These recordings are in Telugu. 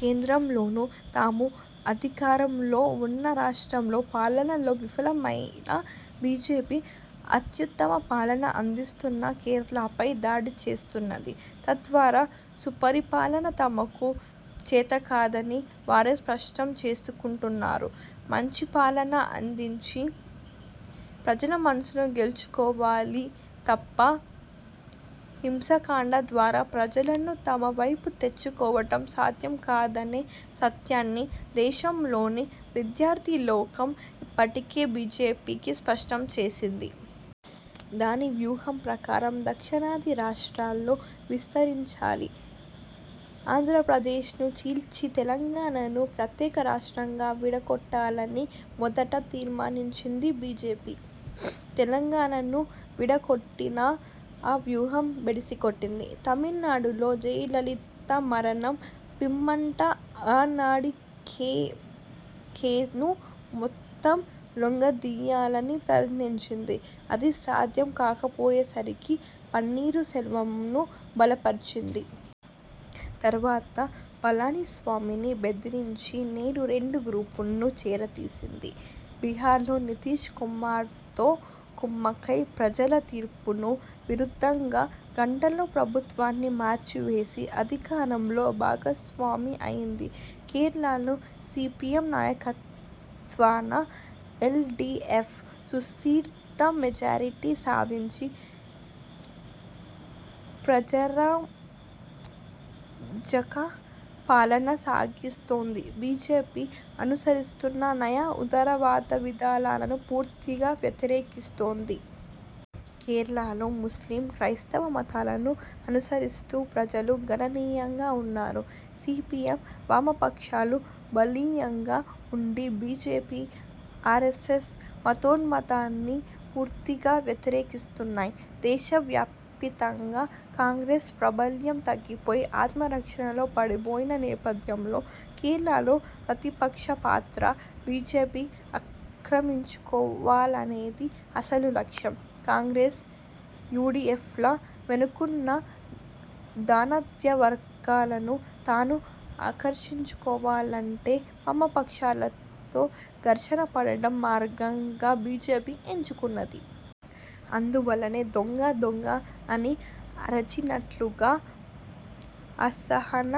కేంద్రంలోనూ, తామూ అధికారంలోవున్న రాష్ట్రాల్లో పాలనలో విఫలమైన బీజేపీ అత్యుత్తమ పాలన అందిస్తున్న కేరళపై దాడిచేస్తున్నది. తద్వారా సుపరిపాలన తమకు చేతకాదని వారే స్పష్టం చేసుకుంటున్నారు. మంచి పాలన అందించి ప్రజల మనసులు గెలుచుకోవాలి తప్ప హింసాకాండ ద్వారా ప్రజలను తమ వైపు తెచ్చుకోవటం సాధ్యంకాదనే సత్యాన్ని దేశంలోని విద్యార్థిలోకం ఇప్పటికే బీజేపీకి స్పష్టం చేసింది. దాని వ్యూహం ప్రకారం దక్షిణాది రాష్ట్రాల్లో విస్తరించాలి. ఆంధ్రప్రదేశ్ను చీల్చి తెలంగాణను ప్రత్యేక రాష్ట్రంగా విడగొట్టాలని మొదట తీర్మానించింది బీజేపీ. తెలంగాణను విడగొట్టినా ఆ వ్యూహం బెడిసికొట్టింది. తమిళనాడులో జయలలిత మరణం పిమ్మట అన్నాడీఎంకేను మొత్తం లొంగదీయాలని ప్రయత్నించింది. అది సాధ్యంకాకపోయేసరికి పన్నీరు సెల్వంను బలపర్చింది. తర్వాత పళనిస్వామిని బెదిరించి నేడు రెండు గ్రూప్లను చేరదీసింది. బిహార్లో నితీశ్ కుమార్తో కుమ్మక్కై ప్రజలతీర్పుకు విరుద్ధంగా గంటల్లో ప్రభుత్వాన్ని మార్చి వేసి అధికారంలో భాగస్వామి అయింది. కేరళలో సీపీఎం నాయకత్వాన ఎల్ డీఎఫ్ సుస్థిర మెజారిటీ సాధించి ప్రజారంజక పాలన సాగిస్తోంది. బీజేపీ అనుసరిస్తున్న నయా ఉదారవాద విధానాలను పూర్తిగా వ్యతిరేకిస్తోంది. కేరళలో ముస్లిం, క్రైస్తవ మతాలను అనుసరిస్తున్న ప్రజలు గణనీయంగా వున్నారు. సీపీఎం, వామపక్షాలు బలీయంగా ఉండి బీజేపీ, ఆరెస్సెస్ మతోన్మాదాన్ని పూర్తిగా వ్యతిరేకిస్తున్నాయి. దేశ వ్యాపితంగా కాంగ్రెస్ ప్రాబల్యం తగ్గిపోయి ఆత్మరక్షణలో పడిపోయిన నేపథ్యంలో, కేరళలో ప్రతిపక్షపాత్ర బీజేపీ ఆక్రమించుకోవాలనేది అసలు లక్ష్యం. కాంగ్రెస్, యూడీఎఫ్ల వెనుకవున్న ధనాడ్యవర్గాలను తాను ఆకర్షించుకోవాలంటే వామపక్షాలతో ఘర్షణపడటం మార్గంగా బీజేపీ ఎంచుకొన్నది. అందువల్లనే దొంగ దొంగ అని అరచినట్లుగా అసహన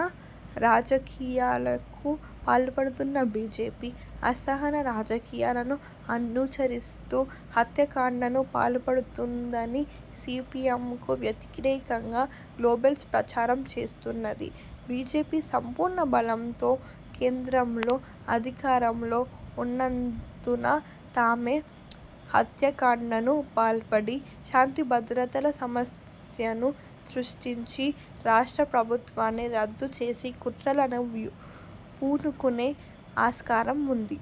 రాజకీయాలకు పాల్పడుతున్న బీజేపీ, అసహన రాజకీయాలను అనుసరిస్తూ హత్యాకాండకు పాల్పడుతున్నదని సీపీఎంకు వ్యతిరేకంగా గోబెల్స్ ప్రచారం చేస్తున్నది. బీజేపీ సంపూర్ణ బలంతో కేంద్రంలో అధికారంలో ఉన్నందున తామే హత్యాకాండకు పాల్పడి, శాంతిభద్రతల సమస్యను సృష్టించి, రాష్ట్ర ప్రభుత్వాన్ని రద్దు చేసే కుట్రలకు పూనుకునే ఆస్కారం వుంది.